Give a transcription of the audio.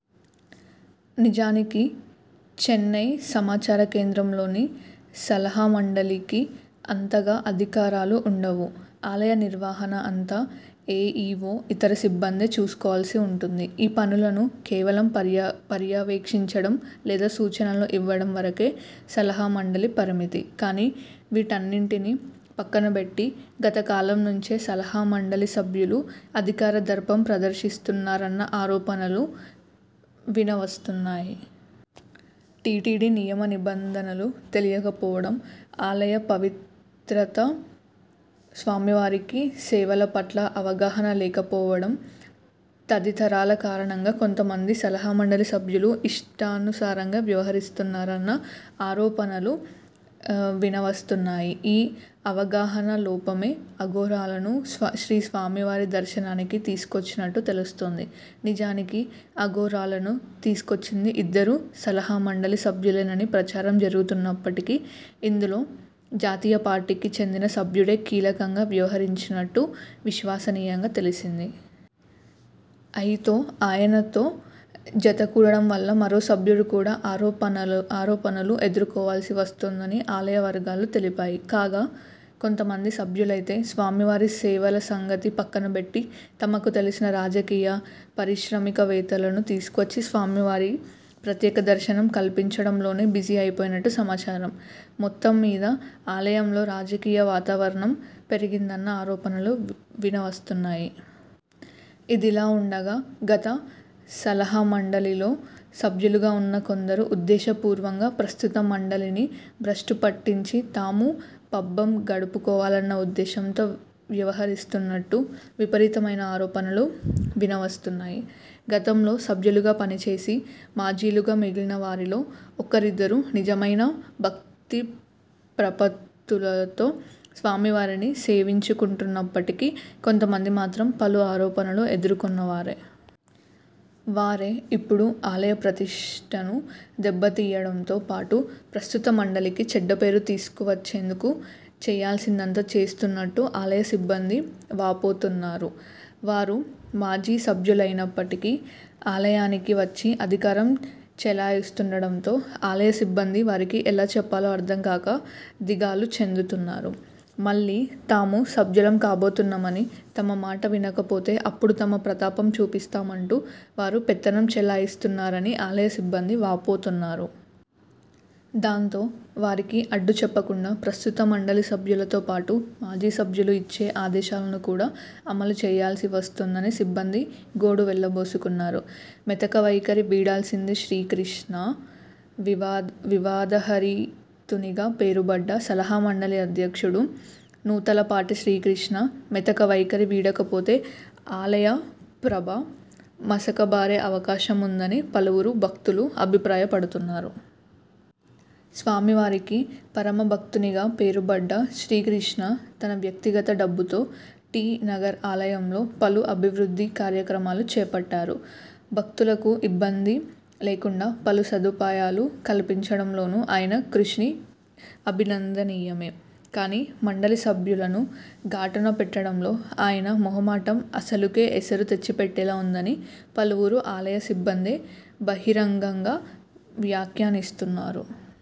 నిజానికి చెన్నై సమాచారకేంద్రంలోని సలహామండలికి అంతగా అధికారాలు ఉండవు. ఆలయ నిర్వహణ అంతా ఏఈవో, ఇతర సిబ్బందే చూసుకోవాల్సి వుంటుంది. ఈ పనులను కేవలం పర్యవేక్షించడం, లేదా సూచనలు ఇవ్వడం వరకే సలహామండలి పరిమితి. కానీ వీటన్నింటినీ పక్కనబెట్టి గతకాలం నుంచే సలహా మండలి సభ్యులు అధికార దర్పం ప్రదర్శిస్తున్నారన్న ఆరోపణలు వినవస్తున్నాయి. టీటీడీ నియమ నిబంధనలు తెలియకపోవడం, ఆలయ పవిత్రత, స్వామివారి సేవల పట్ల అవగాహన లేకపోవడం తదితరాల కారణంగా కొంతమంది సలహామండలి సభ్యులు ఇష్టాను సారంగా వ్యవహరిస్తున్నారన్న ఆరోపణలు వినవస్తున్నాయి. ఈ అవగాహనా లోపమే అఘోరా లను శ్రీస్వామివారి దర్శనానికి తీసుకొచ్చినట్టు తెలుస్తోంది. నిజానికి అఘోరాలను తీసుకొచ్చింది ఇద్దరు సలహామండలి సభ్యులేనని ప్రచారం జరుగుతున్నప్పటికీ ఇందులో జాతీయ పార్టీకి చెందిన సభ్యుడే కీలకంగా వ్యవహరించినట్టు విశ్వసనీయంగా తెలిసింది. అయితో ఆయనతో జతకూడడం వల్ల మరో సభ్యుడు కూడా ఆరోపణలు ఎదుర్కోవాల్సి వస్తోందని ఆలయవర్గాలు తెలిపాయి. కాగా కొంతమంది సభ్యులైతే స్వామివారి సేవల సంగతి పక్కనబెట్టి తమకు తెలిసిన రాజకీయ, పారిశ్రామికవేత్తలను తీసుకొచ్చి స్వామివారి ప్రత్యేకదర్శనం కల్పించడంలోనే బిజీ అయిపోయినట్టు సమాచారం. మొత్తమ్మీద ఆలయంలో రాజకీయ వాతావరణం పెరిగిందన్న ఆరోపణలు వినవస్తున్నాయి. ఇదిలా వుండగా గత సలహామండలిలో సభ్యులుగా వున్న కొందరు ఉద్దేశపూర్వంగా ప్రస్తుత మండలిని భ్రష్టు పట్టించి తాము పబ్బం గడుపుకోవాలన్న ఉద్దేశంతో వ్యవహరిస్తున్నట్టు విపరీతమైన ఆరోపణలు వినవస్తున్నాయి. గతంలో సభ్యులుగా పనిచేసి మాజీలుగా మిగిలినవారిలో ఒకరిద్దరు నిజమైన భక్తిప్రపత్తులతో స్వామివారిని సేవించుకున్నప్పటికీ కొంతమంది మాత్రం పలు ఆరోపణలు ఎదుర్కొన్నవారే. వారే ఇప్పుడు ఆలయ ప్రతిష్టను దెబ్బతీయడంతో పాటు ప్రస్తుత మండలికి చెడ్డ పేరు తీసుకువచ్చేందుకు చేయాల్సిందంతా చేస్తున్నట్టు ఆలయ సిబ్బంది వాపోతున్నారు. వారు మాజీ సభ్యులైనప్పటికీ ఆలయానికి వచ్చి అధికారం చెలాయిస్తుండడంతో ఆలయ సిబ్బంది వారికి ఎలా చెప్పాలో అర్థంగాక దిగాలు చెందుతున్నారు. మళ్లీ తాము సభ్యులం కాబోతున్నామని, తమ మాట వినకపోతే అప్పుడు తమ ప్రతాపం చూపిస్తామంటూ వారు పెత్తనం చెలాయిస్తున్నారని ఆలయ సిబ్బంది వాపోతున్నారు. దాంతో వారికి అడ్డు చెప్పకుండా ప్రస్తుత మండలి సభ్యులతో పాటు మాజీ సభ్యులు ఇచ్చే ఆదేశాలను కూడా అమలు చేయాల్సివస్తోందని సిబ్బంది గోడు వెళ్లబోసుకున్నారు. మెతకవైఖరి వీడాల్సిందే శ్రీకృష్ణా! వివాదరహితునిగా పేరుబడ్డ సలహామండలి అధ్యక్షుడు నూతలపాటి శ్రీకృష్ణ మెతక వైఖరి వీడకపోతే ఆలయప్రభ మసకబారే అవకాశముందని పలువురు భక్తులు అభిప్రాయపడుతున్నారు. స్వామివారికి పరమభక్తునిగా పేరుబడ్డ శ్రీకృష్ణ తన వ్యక్తిగత డబ్బుతో టి. నగర్ ఆలయంలో పలు అభివృద్ధి కార్యక్రమాలు చేపట్టారు. భక్తులకు ఇబ్బంది లేకుండా పలు సదుపాయాలు కల్పించడంలోనూ ఆయన కృషి అభినందనీయమే. కానీ మండలి సభ్యులను గాటున పెట్టడంలో ఆయన మొహమాటం అసలుకే ఎసరు తెచ్చిపెట్టేలా వుందని పలువురు ఆలయ సిబ్బందే బహిరంగంగా వ్యాఖ్యానిస్తున్నారు.